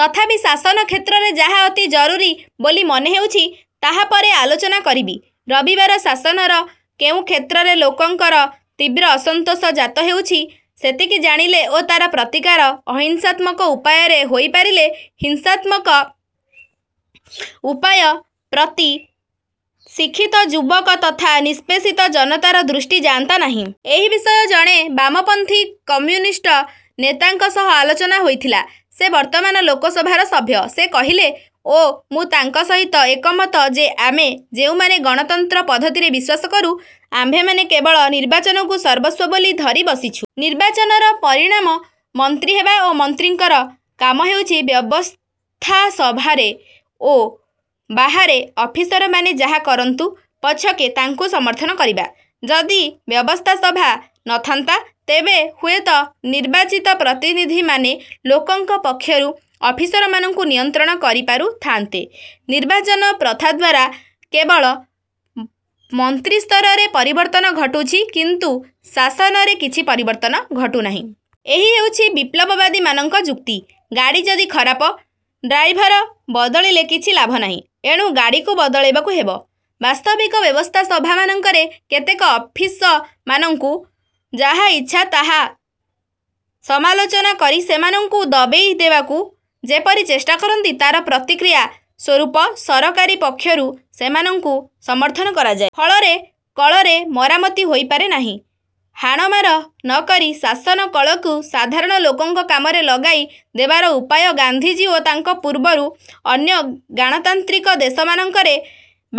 ତଥାପି ଶାସନ କ୍ଷେତ୍ରରେ ଯାହା ଅତି ଜରୁରି ବୋଲି ମନେହେଉଛି, ତାହା ପରେ ଆଲୋଚନା କରିବି। ରବିବାର ଶାସନର କେଉଁ କ୍ଷେତ୍ରରେ ଲୋକଙ୍କର ତୀବ୍ର ଅସନ୍ତୋଷ ଜାତ ହେଉଛି, ସେତିକି ଜାଣିଲେ ଓ ତାର ପ୍ରତିକାର ଅହିଂସାତ୍ମକ ଉପାୟରେ ହୋଇପାରିଲେ ହିଂସାତ୍ମକ ଉପାୟ ପ୍ରତି ଶିକ୍ଷିତ ଯୁବକ ତଥା ନିଷ୍ପେଷିତ ଜନତାର ଦୃଷ୍ଟି ଯାଆନ୍ତା ନାହିଁ। ଏହି ବିଷୟ ଜଣେ ବାମପନ୍ଥୀ କମ୍ୟୁନିଷ୍ଟ ନେତାଙ୍କ ସହ ଆଲୋଚନା ହୋଇଥିଲା। ସେ ବର୍ତ୍ତମାନ ଲୋକସଭାର ସଭ୍ୟ। ସେ କହିଲେ ଓ ମୁଁ ତାଙ୍କ ସହିତ ଏକମତ ଯେ ଆମେ ଯେଉଁମାନେ ଗଣତନ୍ତ୍ର ପଦ୍ଧତିରେ ବିଶ୍ୱାସ କରୁ, ଆମ୍ଭେମାନେ କେବଳ ନିର୍ବାଚନକୁ ସର୍ବସ୍ୱ ବୋଲି ଧରିବସିଛୁ। ନିର୍ବାଚନର ପରିଣାମ ମନ୍ତ୍ରୀ ହେବା ଓ ମନ୍ତ୍ରୀଙ୍କର କାମ ହେଉଛି ବ୍ୟବସ୍ଥାସଭାରେ ଓ ବାହାରେ ଅଫିସରମାନେ ଯାହା କରନ୍ତୁ ପଛକେ ତାଙ୍କୁ ସମର୍ଥନ କରିବା। ଯଦି ବ୍ୟବସ୍ଥାସଭା ନଥାନ୍ତା, ତେବେ ହୁଏତ ନିର୍ବାଚିତ ପ୍ରତିନିଧିମାନେ ଲୋକଙ୍କ ପକ୍ଷରୁ ଅଫିସରମାନଙ୍କୁ ନିୟନ୍ତ୍ରଣ କରିପାରୁଥାନ୍ତେ। ନିର୍ବାଚନ ପ୍ରଥାଦ୍ୱାରା କେବଳ ମନ୍ତ୍ରିସ୍ତରରେ ପରିବର୍ତ୍ତନ ଘଟୁଛି କିନ୍ତୁ ଶାସନରେ କିଛି ପରିବର୍ତ୍ତନ ଘଟୁନାହିଁ। ଏହି ହେଉଛି ବିପ୍ଳବବାଦୀମାନଙ୍କ ଯୁକ୍ତି। ଗାଡ଼ି ଯଦି ଖରାପ, ଡ୍ରାଇଭର ବଦଳିଲେ କିଛି ଲାଭନାହିଁ। ଏଣୁ ଗାଡ଼ିକୁ ବଦଳାଇବାକୁ ହେବ। ବାସ୍ତବିକ ବ୍ୟବସ୍ଥାସଭାମାନଙ୍କରେ କେତେକ ଅଫିସମାନଙ୍କୁ ଯାହା ଇଚ୍ଛା ତାହା ସମାଲୋଚନା କରି ସେମାନଙ୍କୁ ଦବେଇ ଦେବାକୁ ଯେପରି ଚେଷ୍ଟାକରନ୍ତି, ତା'ର ପ୍ରତିକ୍ରିୟା ସ୍ୱରୂପ ସରକାରୀ ପକ୍ଷରୁ ସେମାନଙ୍କୁ ସମର୍ଥନ କରାଯାଏ। ଫଳରେ କଳର ମରାମତି ହୋଇପାରେ ନାହିଁ। ହାଣମାର ନକରି ଶାସନ କଳକୁ ସାଧାରଣ ଲୋକଙ୍କ କାମରେ ଲଗାଇ ଦେବାର ଉପାୟ ଗାନ୍ଧିଜୀ ଓ ତାଙ୍କ ପୂର୍ବରୁ ଅନ୍ୟ ଗାଣତାନ୍ତ୍ରିକ ଦେଶମାନଙ୍କରେ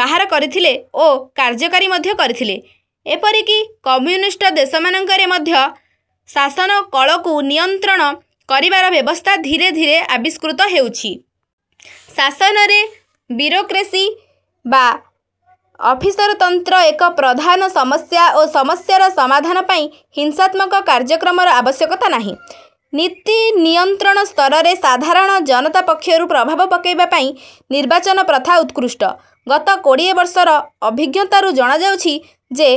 ବାହାର କରିଥିଲେ ଓ କାର୍ଯ୍ୟକାରୀ ମଧ୍ୟ କରିଥିଲେ। ଏପରିକି କମ୍ୟୁନିଷ୍ଟ ଦେଶମାନଙ୍କରେ ମଧ୍ୟ ଶାସନ କଳକୁ ନିୟନ୍ତ୍ରଣ କରିବାର ବ୍ୟବସ୍ଥା ଧୀରେ ଧୀରେ ଆବିଷ୍କୃତ ହେଉଛି। ଶାସନରେ ବୁରୋକ୍ରେସି ବା ଅଫିସରତନ୍ତ୍ର ଏକ ପ୍ରଧାନ ସମସ୍ୟା। ଏ ସମସ୍ୟାର ସମାଧାନ ପାଇଁ ହିଂସାତ୍ମକ କାର୍ଯ୍ୟକ୍ରମର ଆବଶ୍ୟକତା ନାହିଁ। ନୀତିନିୟନ୍ତ୍ରଣ ସ୍ତରରେ ସାଧାରଣ ଜନତା ପକ୍ଷରୁ ପ୍ରଭାବ ପକାଇବା ପାଇଁ ନିର୍ବାଚନ ପ୍ରଥା ଉତ୍କୃଷ୍ଟ। ଗତ କୋଡ଼ିଏ ବର୍ଷର ଅଭିଜ୍ଞତାରୁ ଜଣାଯାଉଛି ଯେ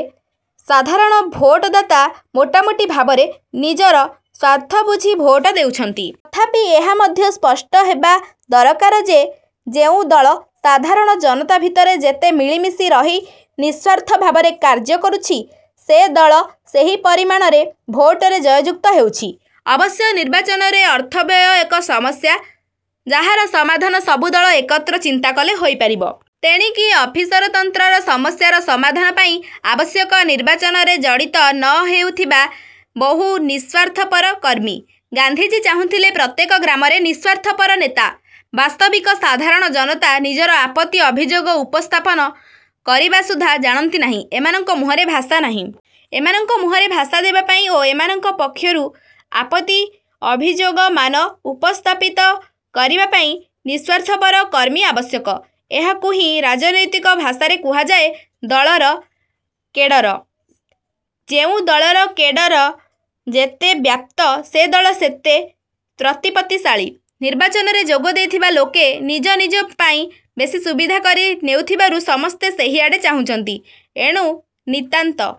ସାଧାରଣ ଭୋଟଦାତା ମୋଟାମୋଟି ଭାବରେ ନିଜର ସ୍ୱାର୍ଥବୁଝି ଭୋଟ ଦେଉଛନ୍ତି। ତଥାପି ଏହା ମଧ୍ୟ ସ୍ପଷ୍ଟହେବା ଦରକାର ଯେ ଯେଉଁ ଦଳ ସାଧାରଣ ଜନତା ଭିତରେ ଯେତେ ମିଳିମିଶି ରହି ନିଃସ୍ୱାର୍ଥ ଭାବରେ କାର୍ଯ୍ୟ କରୁଛି, ସେ ଦଳ ସେହି ପରିମାଣରେ ଭୋଟରେ ଜୟଯୁକ୍ତ ହେଉଛି। ଅବଶ୍ୟ ନିର୍ବାଚନରେ ଅର୍ଥବ୍ୟୟ ଏକ ସମସ୍ୟା- ଯାହାର ସମାଧାନ ସବୁ ଦଳ ଏକତ୍ର ଚିନ୍ତାକଲେ ହୋଇପାରିବ। ତେଣିକି ଅଫିସରତନ୍ତ୍ରର ସମସ୍ୟାର ସମାଧାନ ପାଇଁ ଆବଶ୍ୟକ ନିର୍ବାଚନରେ ଜଡ଼ିତ ନ ହେଉଥିବା ବହୁ ନିଃସ୍ୱାର୍ଥପର କର୍ମୀ। ଗାନ୍ଧିଜୀ ଚାହୁଁଥିଲେ ପ୍ରତ୍ୟେକ ଗ୍ରାମରେ ନିଃସ୍ୱାର୍ଥପର ନେତା। ବାସ୍ତବିକ ସାଧାରଣ ଜନତା ନିଜର ଆପତ୍ତି ଅଭିଯୋଗ ଉପସ୍ଥାପନ କରିବା ସୁଦ୍ଧା ଜାଣନ୍ତି ନାହିଁ। ଏମାନଙ୍କ ମୁହଁରେ ଭାଷା ନାହିଁ। ଏମାନଙ୍କ ମୁହଁରେ ଭାଷା ଦେବାପାଇଁ ଓ ଏମାନଙ୍କ ପକ୍ଷରୁ ଆପତ୍ତି ଅଭିଯୋଗମାନ ଉପସ୍ଥାପିତ କରିବା ପାଇଁ ନିଃସ୍ୱାର୍ଥପର କର୍ମୀ ଆବଶ୍ୟକ। ଏହାକୁ ହିଁ ରାଜନୈତିକ ଭାଷାରେ କୁହାଯାଏ ଦଳର କେଡ଼ର। ଯେଉଁ ଦଳର କେଡ଼ର ଯେତେ ବ୍ୟାପ୍ତ ସେ ଦଳ ସେତେ ପ୍ରତିପତ୍ତିଶାଳୀ। ନିର୍ବାଚନରେ ଯୋଗ ଦେଇଥିବା ଲୋକେ ନିଜ ନିଜ ପାଇଁ ବେଶି ସୁବିଧା କରି ନେଉଥିବାରୁ ସମସ୍ତେ ସେହିଆଡ଼େ ଚାହୁଁଛନ୍ତି। ଏଣୁ ନିତାନ୍ତ